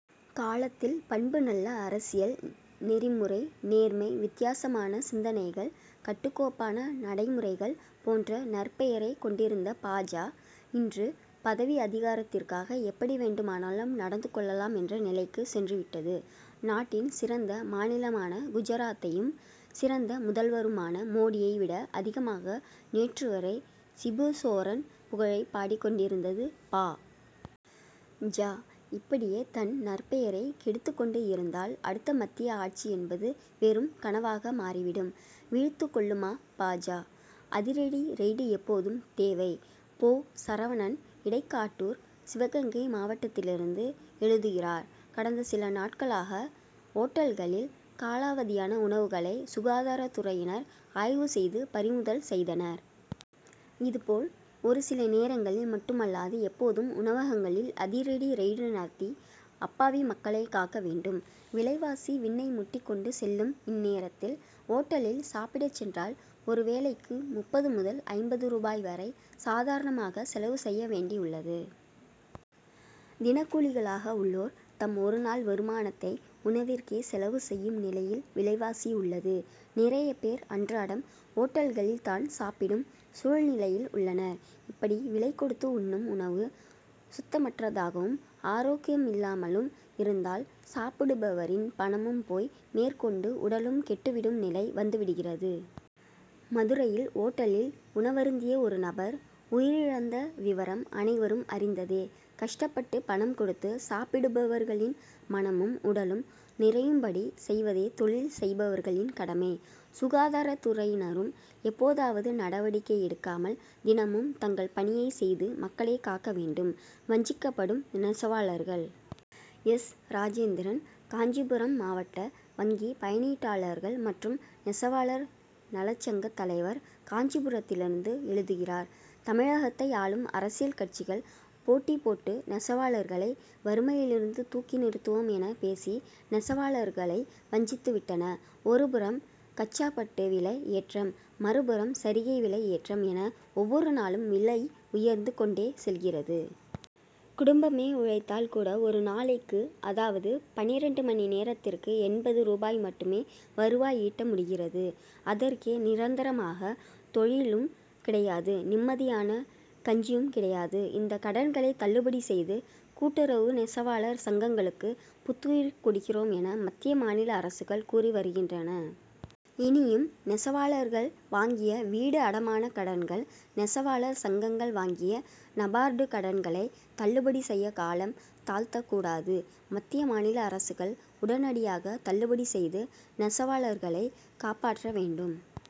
காலத்தில் பண்பு நல்ல அரசியல் நெறிமுறை நேர்மை வித்தியாசமான சிந் தனைகள் கட்டுக்கோப் பான நடைமுறைகள் போன்ற நற்பெயரை கொண் டிருந்த பா. ஜ. இன்று பதவி அதிகாரத்திற்காக எப்படி வேண்டுமானாலும் நடந்து கொள்ளலாம் என்ற நிலைக்கு சென்று விட்டது. நாட்டின் சிறந்த மாநிலமான குஜராத்தையும் சிறந்த முதல்வருமான மோடியை விட அதிகமாக நேற்று வரை சிபுசோரன் புகழை பாடிக் கொண்டிருந்தது பா. ஜ. இப்படியே தன் நற்பெயரை கெடுத்து கொண்டு இருந்தால் அடுத்த மத்திய ஆட்சி என்பது வெறும் கனவாக மாறிவிடும். விழித்துக் கொள்ளுமா பா. ஜ.? அதிரடி ரெய்டு எப்போதும் தேவை! போ. சரவணன் இடைக் காட்டூர் சிவகங்கை மாவட் டத்திலிருந்து எழுதுகிறார்: கடந்த சில நாட்களாக ஓட் டல்களில் காலாவதியான உணவுகளை சுகாதாரத் துறையினர் ஆய்வு செய்து பறிமுதல் செய்தனர். இது போல் ஒரு சில நேரங்களில் மட்டுமல்லாது எப்போதும் உணவகங்களில் அதிரடி ரெய்டு நடத்தி அப்பாவி மக்களை காக்க வேண்டும். விலைவாசி விண்ணை முட்டிக் கொண்டு செல் ருலும் இந்நேரத்தில் ஓட்டலில் சாப்பிடச் சென்றால் ஒரு வேலைக்கு முப்பது முதல் ஐம்பது ரூபாய் வரை சாதாரணமாக செலவு செய்ய வேண்டி உள்ளது. தினக் கூலிகளாக உள்ளோர் தம் ஒரு நாள் வருமானத்தை உணவிற்கே செலவு செய்யும் நிலையில் விலைவாசி உள்ளது. நிறைய பேர் அன்றாடம் ஓட்டல்களில் தான் சாப்பிடும் சூழ்நிலையில் உள்ளனர். இப்படி விலை கொடுத்து உண்ணும் உணவு சுத்தமற்றதாகவும் ஆரோக்கியமில்லாமலும் இருந்தால் சாப்பிடுபவரின் பணமும் போய் மேற்கொண்டு உடலும் கெட்டு விடும் நிலை வந்து விடுகிறது. மதுரையில் ஓட்டலில் உணவருந்திய ஒரு நபர் உயிரிழந்த விவரம் அனைவரும் அறிந்ததே. கஷ்டப்பட்டு பணம் கொடுத்து சாப்பிடுபவர்களின் மனமும் உடலும் நிறையும்படி செய்வதே தொழில் செய்பவர்களின் கடமை. சுகாதாரத் துறையினரும் எப்போதாவது நடவடிக்கை எடுக்காமல் தினமும் தங்கள் பணியை செய்து மக்களை காக்க வேண்டும். வஞ்சிக்கப்படும் நெசவாளர்கள்! எஸ். ராஜேந்திரன் காஞ்சிபுரம் மாவட்ட வங்கி பயனீட்டாளர்கள் மற்றும் நெசவாளர் நலச்சங்கத் தலைவர் காஞ்சிபுரத்திலிருந்து எழுதுகிறார்: தமிழகத்தை ஆளும் அரசியல் கட்சிகள் போட்டி போட்டு நெசவாளர்களை வறுமையிலிருந்து தூக்கி நிறுத்துவோம் என பேசி நெசவாளர்களை வஞ்சித்து விட்டன. ஒரு புறம் கச்சாபட்டு விலை ஏற்றம் மறுபுறம் சரிகை விலை ஏற்றம் என ஒவ்வொரு நாளும் விலை உயர்ந்து கொண்டே செல்கிறது. குடும்பமே உழைத்தால் கூட ஒரு நாளைக்கு அதாவது பன்னிரண்டு மணி நேரத்திற்கு எண்பது ரூபாய் மட்டுமே வருவாய் ஈட்ட முடிகிறது. அதற்கே நிரந்தரமாக தொழிலும் கிடையாது நிம்மதியான கஞ்சியும் கிடையாது. இந்த கடன்களை தள்ளுபடி செய்து கூட்டுறவு நெசவாளர் சங்கங்களுக்கு புத்துயிர் கொடுக்கிறோம் என மத்திய மாநில அரசுகள் கூறி வருகின்றன. இனியும் நெசவாளர்கள் வாங்கிய வீடு அடமானக் கடன்கள் நெசவாளர் சங்கங்கள் வாங்கிய நபார்டு கடன்களை தள்ளுபடி செய்ய காலம் தாழ்த்தக் கூடாது. மத்திய மாநில அரசுகள் உடனடியாக தள்ளுபடி செய்து நெசவாளர்களை காப்பாற்ற வேண்டும்.